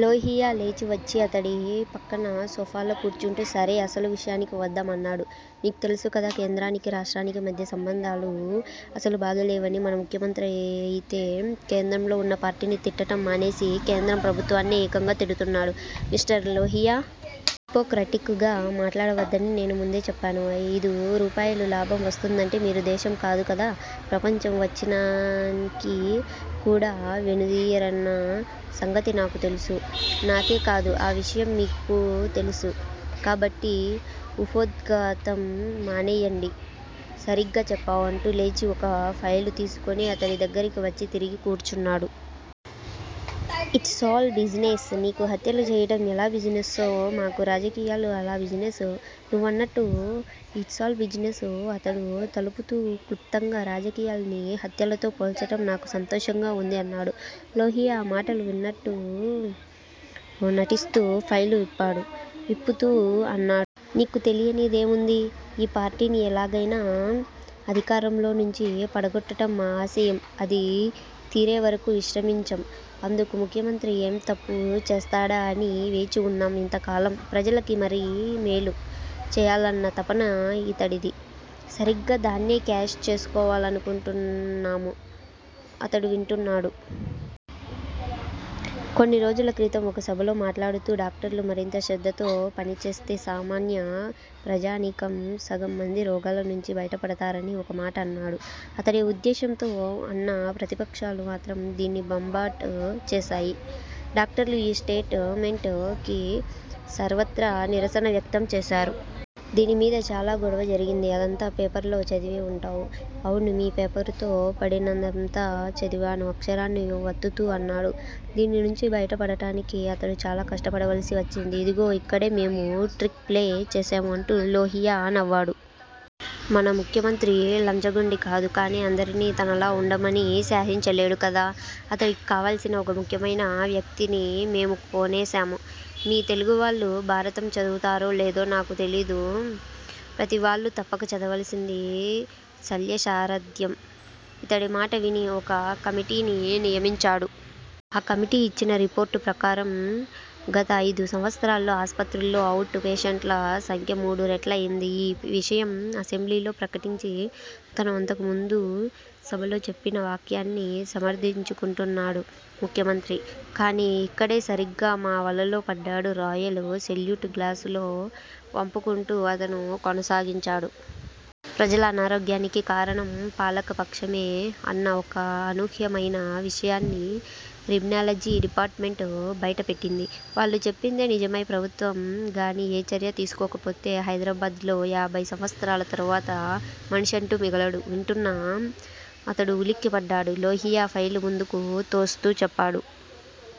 లోహియా లేచి వచ్చి అతడి పక్కన సోఫాలో కూర్చుంటూ సరే, అసలు విషయానికి వద్దాం అన్నాడు. నీకు తెలుసుకదా, కేంద్రానికీ, రాష్ట్రానికీ మధ్య సంబంధాలు అసలు బాగాలేవని, మన ముఖ్యమంత్రయితే కేంద్రంలో వున్న పార్టీని తిట్టటం మానేసి, కేంద్ర ప్రభుత్వాన్నే ఏకంగా తిడుతున్నాడు. మిస్టర్ లోహియా! హిపోక్రటిక్ గా మాట్లాడవద్దని నేను ముందే చెప్పాను. అయిదు రూపాయలు లాభం వస్తుందంటే మీరు దేశం కాదు కదా, ప్రపంచ విచ్చిన్నానికి కూడా వెనుదీయరన్న సంగతి నాకు తెలుసు. నాకేకాదు ఆ విషయం మీకూ తెలుసు. కాబట్టి ఉపోద్ఘాతం మానెయ్యండి. సరిగ్గా చెప్పావ్ అంటూ లేచి ఒక ఫైలు తీసుకుని అతడి దగ్గిరకి వచ్చి తిరిగి కూర్చున్నాడు. It's all business! నీకు హత్యలు చేయటం ఎలా బిజినెస్సో, మాకు రాజకీయాలు అలా బిజినెస్. నువ్వన్నట్టు it's all business. అతడు తలూపుతూ క్లుప్తంగా, రాజకీయాల్ని హత్యలతో పోల్చటం నాకు సంతోషంగా వుంది అన్నాడు. లోహియా ఆ మాటలు విననట్టు నటిస్తూ ఫైలు విప్పాడు. విప్పుతూ అన్నాడు. నీకు తెలియనిదేముంది. ఈ పార్టీని ఎలాగైనా అధికారంలో నుంచి పడగొట్టటం మా ఆశయం! అది తీరేవరకూ విశ్రమించం. అందుకు ముఖ్యంత్రి ఏం తప్పు చేస్తాడా అని వేచి వున్నాం ఇంతకాలం. ప్రజలకి మరీ మేలు చేయాలన్న తపన ఇతడిది. సరిగ్గా దాన్నే కాష్ చేసుకోవాలనుకుంటున్నాము. అతడు వింటున్నాడు. కొన్ని రోజుల క్రితం ఒక సభలో మాట్లాడుతూ, డాక్టర్లు మరింత శ్రద్ధతో పనిచేస్తే సామాన్య ప్రజానీకం సగం మంది రోగాల నుంచి బయటపడతారని ఒక మాట అన్నాడు. అతడే ఉద్దేశ్యంతో అన్నా ప్రతిపక్షాలు మాత్రం దీన్ని బంబాట్ చేశాయి. డాక్టర్లు ఈ స్టేట్ మెంట్ కి సర్వత్రా నిరసన వ్యక్తం చేశారు. దీని మీద చాలా గొడవ జరిగింది. అదంతా పేపర్లో చదివే వుంటావ్. అవును. 'మీ' పేపరుతో పడినదంతా చదివాను అక్షరాన్ని వత్తుతూ అన్నాడు. దీని నుంచి బయటపడటానికి అతడు చాలా కష్టపడవలసి వచ్చింది. ఇదిగో ఇక్కడే మేము ట్రిక్ ప్లే చేశాము అంటూ లోహియా నవ్వాడు. మన ముఖ్యమంత్రి లంచగొండి కాదు. కానీ అందరినీ తనలా వుండమని శాసించలేడు కదా. అతడికి కావలసిన ఒక ముఖ్యమైన వ్యక్తిని మేము కోనేశాము. మీ తెలుగువాళ్ళు భారతం చదువుతారో లేదో నకు తెలీదు. ప్రతీవాళ్ళూ తప్పక చదవవలసింది 'శల్యసారధ్యం'. ఇతడి మాట విని- ఒక కమిటీని నియమించాడు. ఆ కమిటీ ఇచ్చిన రిపోర్టు ప్రకారం గత అయిదు సంవత్సరాల్లో ఆస్పత్రుల్లో అవుట్ పేషంట్ల సంఖ్య మూడు రెట్లయింది. ఈ విషయం అసెంబ్లీలో ప్రకటించి, తను అంతకుముందు సభలో చెప్పిన వ్యాఖ్యని సమర్ధించుకుంటున్నాడు ముఖ్యమంత్రి. కానీ ఇక్కడే సరిగ్గా మా వలలో పడ్డాడు రాయల్ సెల్యూట్ గ్లాసులో వంపుకుంటూ అతను కొనసాగించాడు. ప్రజల అనారోగ్యానికి కారణం పాలక పక్షమే అన్న ఒక అనూహ్యమయిన విషయాన్ని లిమ్నాలజీ డిపార్ట్ మెంట్ బైటపెట్టింది. వాళ్ళు చెప్పిందే నిజమై ప్రభుత్వం గానీ ఏ చర్యా తీసుకోకపోతే, హైదరాబాద్ లో యాభై సంవత్సరాల తరువాత మనిషంటూ మిగలడు. వింటున్న అతడు ఉలిక్కిపడ్డాడు. లోహియా ఫైలు ముందుకు తోస్తూ చెప్పాడు.